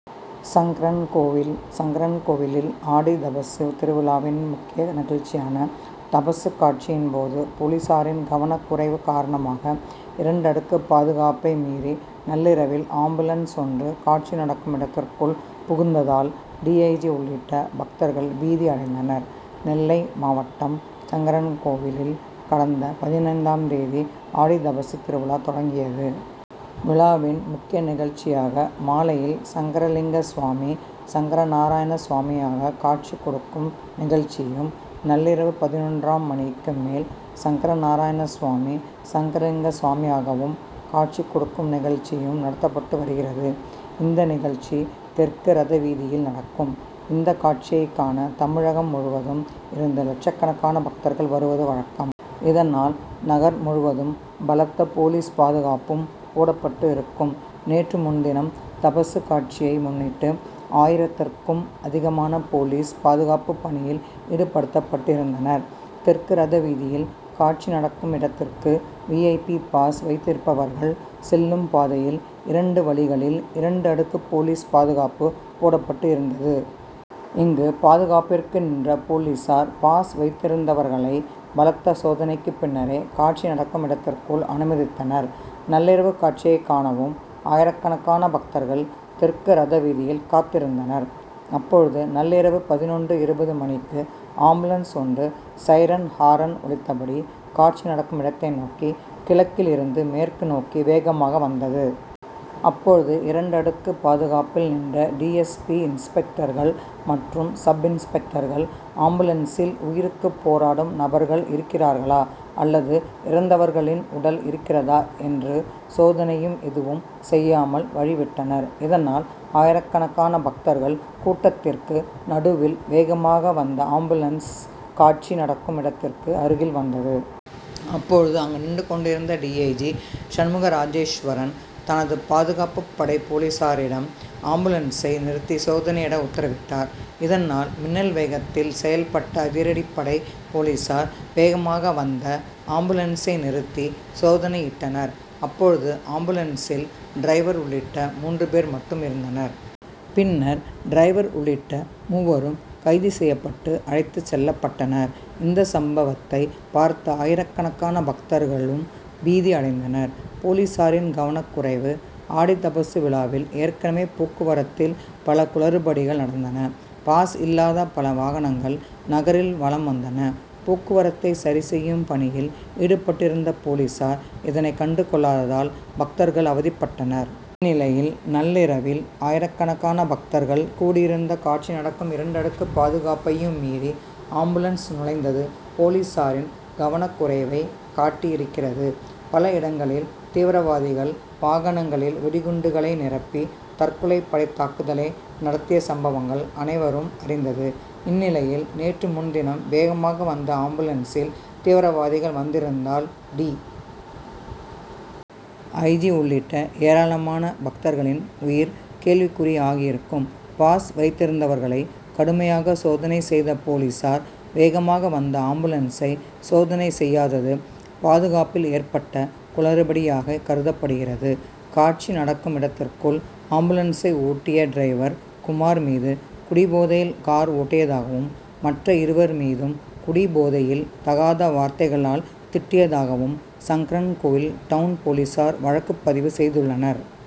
சங்கரன்கோவில்: சங்கரன்கோவில் ஆடித்தபசு திருவிழாவின் முக்கிய நிகழ்ச்சியான தபசுக்காட்சியின் போது போலீசாரின் கவனக்குறைவு காரணமாக இரண்டு அடுக்கு பாதுகாப்பை மீறி நள்ளிரவில் ஆம்புலன்ஸ் ஒன்று காட்சி நடக்கும் இடத்திற்குள் புகுந்ததால் டி. ஐ. ஜி., உள்ளிட்ட பக்தர்கள் பீதி அடைந்தனர். நெல்லை மாவட்டம் சங்கரன்கோவிலில் கடந்த பதினைந்தாம் தேதி ஆடித்தபசு திருவிழா தொடங்கியது. விழாவின் முக்கிய நிகழ்ச்சியாக மாலையில் சங்கரலிங்கசுவாமி, சங்கரநாராயணசுவாமியாக காட்சி கொடுக்கும் நிகழ்ச்சியும், நள்ளிரவு பதினொன்றாம் மணிக்கு மேல் சங்கரநாராயணசுவாமி, சங்கரலிங்கசுவாமியாகவும் காட்சி கொடுக்கும் நிகழ்ச்சியும் நடத்தப்பட்டு வருகிறது. இந்த நிகழ்ச்சி தெற்கு ரதவீதியில் நடக்கும். இந்த காட்சியைக் காண தமிழகம் முழுவதும் இருந்து லட்சக்கணக்கான பக்தர்கள் வருவது வழக்கம். இதனால் நகர் முழுவதும் பலத்த போலீஸ் பாதுகாப்பும் போடப்பட்டு இருக்கும். நேற்று முன்தினம் தபசுக்காட்சியை முன்னிட்டு ஆயிரத்திற்கும் அதிகமான போலீஸ் பாதுகாப்பு பணியில் ஈடுபடுத்தப்பட்டிருந்தனர். தெற்கு ரதவீதியில் காட்சி நடக்கும் இடத்திற்கு வி. ஐ. பி., பாஸ் வைத்திருப்பவர்கள் செல்லும் பாதையில் இரண்டு வழிகளில் இரண்டு அடுக்கு போலீஸ் பாதுகாப்பு போடப்பட்டு இருந்தது. இங்கு பாதுகாப்பிற்கு நின்ற போலீசார் பாஸ் வைத்திருந்தவர்களை பலத்த சோதனைக்கு பின்னரே காட்சி நடக்கும் இடத்திற்குள் அனுமதித்தனர். நள்ளிரவு காட்சியைக் காணவும் ஆயிரக்கணக்கான பக்தர்கள் தெற்கு ரதவீதியில் காத்திருந்தனர். அப்போது நள்ளிரவு பதினொன்று இருபது மணிக்கு ஆம்புலன்ஸ் ஒன்று "சைரன் ஹாரன்' ஒலித்தபடி காட்சி நடக்கும் இடத்தை நோக்கி கிழக்கில் இருந்து மேற்கு நோக்கி வேகமாக வந்தது. அப்போது இரண்டு அடுக்கு பாதுகாப்பில் நின்ற டி. எஸ். பி., இன்ஸ்பெக்டர்கள் மற்றும் சப்-இன்ஸ்பெக்டர்கள் ஆம்புலன்ஸில் உயிருக்கு போராடும் நபர்கள் இருக்கிறார்களா அல்லது இறந்தவர்களின் உடல் இருக்கிறதா என்று சோதனையும் எதுவும் செய்யாமல் வழி விட்டனர். இதனால் ஆயிரக்கணக்கான பக்தர்கள் கூட்டத்திற்கு நடுவில் வேகமாக வந்த ஆம்புலன்ஸ் காட்சி நடக்கும் இடத்திற்கு அருகில் வந்தது. அப்போது அங்கு நின்று கொண்டிருந்த டி. ஐ. ஜி., சண்முகராஜேஸ்வரன் தனது பாதுகாப்பு படை போலீசாரிடம் ஆம்புலன்சை நிறுத்தி சோதனையிட உத்தரவிட்டார். இதனால் மின்னல் வேகத்தில் செயல்பட்ட அதிரடிப்படை போலீசார் வேகமாக வந்த ஆம்புலன்சை நிறுத்தி சோதனையிட்டனர். அப்போது ஆம்புலன்ஸில் டிரைவர் உள்ளிட்ட மூன்று பேர் மட்டும் இருந்தனர். பின்னர் டிரைவர் உள்ளிட்ட மூவரும் கைது செய்யப்பட்டு அழைத்துச் செல்லப்பட்டனர். இந்த சம்பவத்தை பார்த்த ஆயிரக்கணக்கான பக்தர்களும் பீதி அடைந்தனர். போலீசாரின் கவனக்குறைவு: ஆடித்தபசு விழாவில் ஏற்கனவே போக்குவரத்தில் பல குழறுபடிகள் நடந்தன. பாஸ் இல்லாத பல வாகனங்கள் நகரில் வலம் வந்தன. போக்குவரத்தை சரி செய்யும் பணியில் ஈடுபட்டிருந்த போலீசார் இதனை கண்டு கொள்ளதால் பக்தர்கள் அவதிப்பட்டனர். இந்நிலையில் நள்ளிரவில் ஆயிரக்கணக்கான பக்தர்கள் கூடி இருந்த காட்சி நடக்கும் இரண்டு அடுக்கு பாதுகாப்பையும் மீறி ஆம்புலன்ஸ் நுழைந்தது போலீசாரின் கவனக்குறைவை காட்டி இருக்கிறது. பல இடங்களில் தீவிரவாதிகள் வாகனங்களில் வெடிகுண்டுகளை நிரப்பி தற்கொலை படை தாக்குதலை நடத்திய சம்பவங்கள் அனைவரும் அறிந்தது. இந்நிலையில் நேற்று முன்தினம் வேகமாக வந்த ஆம்புலன்சில் தீவிரவாதிகள் வந்திருந்தால் டி. ஐ, ஜி., உள்ளிட்ட ஏராளமான பக்தர்களின் உயிர் கேள்விக்குறி ஆகி இருக்கும். பாஸ் வைத்திருந்தவர்களை கடுமையாக சோதனை செய்த போலீசார் வேகமாக வந்த ஆம்புலன்ஸை சோதனை செய்யாதது பாதுகாப்பில் ஏற்பட்ட குழறுபடியாக கருதப்படுகிறது. காட்சி நடக்கும் இடத்திற்குள் ஆம்புலன்சை ஓட்டிய டிரைவர் குமார் மீது குடிபோதையில் கார் ஓட்டியதாகவும், மற்ற இருவர் மீதும் குடிபோதையில் தகாத வார்த்தைகளால் திட்டியதாகவும் சங்கரன்கோவில் டவுன் போலீசார் வழக்குப்பதிவு செய்துள்ளனர்.